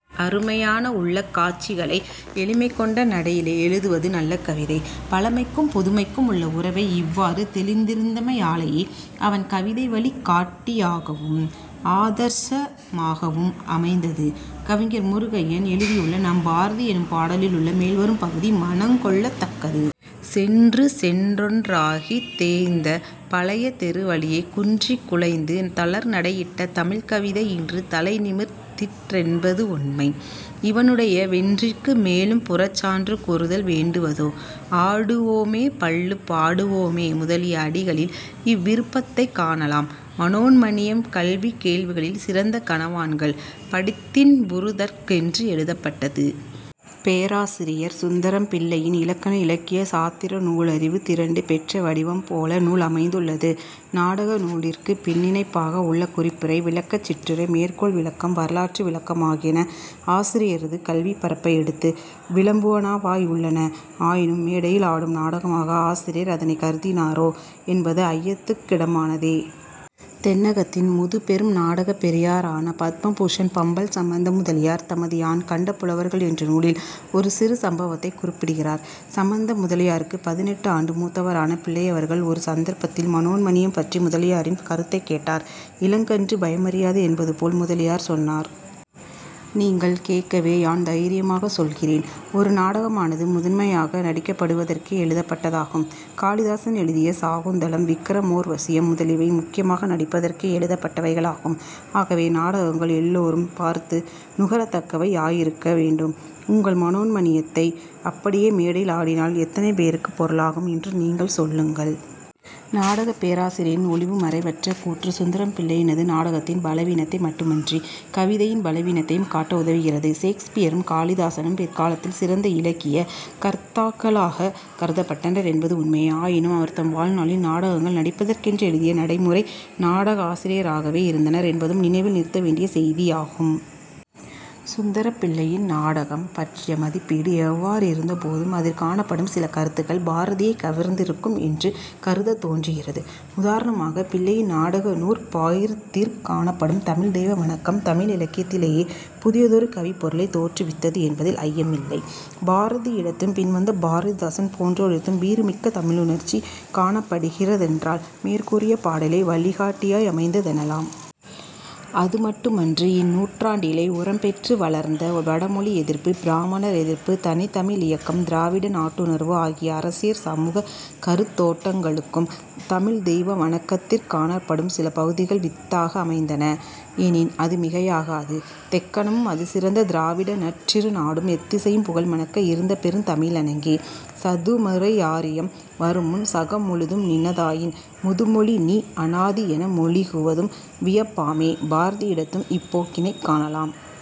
அருமையான உள்ளக் காட்சிகளை எளிமை கொண்ட நடையிலே எழுதுவது நல்ல கவிதை. " பழமைக்கும், புதுமைக்கும் உள்ள உறவை இவ்வாறு தௌிந்திருந்தமையாலேயே அவன் கவிதை வழி காட்டியாகவும், ஆதர்ஷமாகவும் அமைந்தது. கவிஞர் முருகையன் எழுதியுள்ள 'நம் பாரதி' என்னும் பாடலிலுள்ள மேல்வரும் பகுதி மனங்கொள்ளத் தக்கது. "சென்று சென்றொன்றாகித் தேய்ந்த பழைய தெருவழியே குன்றிக் குலைந்து தளர்நடையிட்ட தமிழ்க்கவிதை இன்று தலைநிமிர்த் திற்றென்பதுண்மை இவனுடைய வென்றிக்கு மேலும் புறச்சான்று கூறுதல் வேண்டுவதோ? " "ஆடுவோமே பள்ளுப் பாடுவோமே" முதலிய அடிகளில் இவ்விருப்பத்தைக் காணலாம். மனோன்மணீயம் "கல்வி கேள்விகளிற் சிறந்த கனவான்கள்" படித்தின்புறுதற்கென்று எழுதப்பட்டது. பேராசிரியர் சுந்தரம்பிள்ளையின் இலக்கண, இலக்கிய, சாத்திர நூலறிவு திரண்டு பெற்ற வடிவம் போல நூல் அமைந்துள்ளது. நாடக நூலிற்குப் பின்னிணைப்பாக உள்ள குறிப்புரை, விளக்கச் சிற்றுரை, மேற்கோள் விளக்கம், வரலாற்று விளக்கம் ஆகியன ஆசிரியரது கல்விப் பரப்பை எடுத்து விளம்புவனவாயுள்ளன. ஆயினும் மேடையில் ஆடும் நாடகமாக ஆசிரியர் அதனைக் கருதினரோ என்பது ஐயத்துக்கிடமானதே. தென்னகத்தின் முதுபெரும் நாடகப் பெரியாரான பத்மபூஷன் பம்மல் சம்பந்த முதலியார் தமது யான் கண்ட புலவர்கள் என்ற நூலில் ஒரு சிறு சம்பவத்தைக் குறிப்பிடுகிறார். சம்பந்த முதலியாருக்குப் பதினெட்டு ஆண்டு மூத்தவரான பிள்ளையவர்கள் ஒரு சந்தர்ப்பத்தில் மனோன்மணீயம் பற்றி முதலியாரின் கருத்தைக் கேட்டார். இளங்கன்று பயமறியாது என்பது போல் முதலியார் சொன்னார்.: "நீங்கள் கேட்கவே யான் தைரியமாகச் சொல்கிறேன். ஒரு நாடகமானது முதன்மையாக நடிக்கப்படுவதற்கே எழுதப்பட்டதாகும். காளிதாசன் எழுதிய சாகுந்தலம், விக்கிரமோர்வசியம் முதலியவை முக்கியமாக நடிப்பதற்கே எழுதப்பட்டவைகளாகும். ஆகவே நாடகங்கள் எல்லோரும் பார்த்து நுகரத்தக்கவை யாயிருக்க வேண்டும். உங்கள் மனோன்மணீயத்தை அப்படியே மேடையில் ஆடினால் எத்தனை பேருக்குப் பொருளாகும் என்று நீங்கள் சொல்லுங்கள். "। நாடகப் பேராசிரியரின் ஒளிவு மறைவற்ற கூற்று சுந்தரம்பிள்ளையினது நாடகத்தின் பலவீனத்தை மட்டுமன்றிக் கவிதையின் பலவீனத்தையும் காட்ட உதவுகிறது. ஷேக்ஸ்பியரும், காளிதாசனும் பிற்காலத்தில் சிறந்த இலக்கியக் கர்த்தாக்களாகக் கருதப்பட்டனர் என்பது உண்மையே. ஆயினும் அவர்தம் வாழ்நாளில் நாடகங்கள் நடிப்பதற்கென்றெழுதிய நடைமுறை நாடகாசிரியராகவே இருந்தனர் என்பதும் நினைவில் நிறுத்த வேண்டிய செய்தியாகும். சுந்தரம்பிள்ளையின் நாடகம் பற்றிய மதிப்பீடு எவ்வாறிருந்த போதும் அதிற் காணப்படும் சில கருத்துக்கள் பாரதியைக் கவர்ந்திருக்கும் என்று கருதத்தோன்றுகிறது. உதாரணமாகப் பிள்ளையின் நாடக நூற் பாயிரத்திற் காணப்படும் தமிழ்த் தெய்வ வணக்கம் தமிழிலக்கியத்திலேயே புதியதொரு கவிப்பொருளைத் தோற்றுவித்தது என்பதில் ஐயமில்லை. பாரதியிடத்தும் பின்வந்த பாரதிதாசன் போன்றோரிடத்தும் வீறுமிக்க தமிழுணர்ச்சி காணப்படுகின்ற தென்றால் மேற்கூறிய பாடலே வழிகாட்டியாயமைந்த தெனலாம். அதுமட்டுமன்று; இந்நூற்றாண்டிலே உரம்பெற்று வளர்ந்த வடமொழி எதிர்ப்பு, பிராமணர் எதிர்ப்பு, தனித்தமிழியக்கம், திராவிட நாட்டுணர்வு ஆகிய அரசியற் சமூகக் கருத்தோட்டங்களுக்கும் தமிழ்த் தெய்வ வணக்கத்திற் காணப்படும் சில பகுதிகள் வித்தாக அமைந்தன எனின் அது மிகையாகாது. "தெக்கணமும் அதிற் சிறந்த திராவிட நற் றிருநாடும்" "எத்திசையும் புகழ்மணக்க இருந்தபெருந் தமிழணங்கே" "சதுமறையாரியம் வருமுன் சகமுழுதும் நினதாயின் முதுமொழி நீ அநாதியென மொழிகுவதும் வியப்பாமே" பாரதியிடத்தும் இப்போக்கினைக் காணலாம்.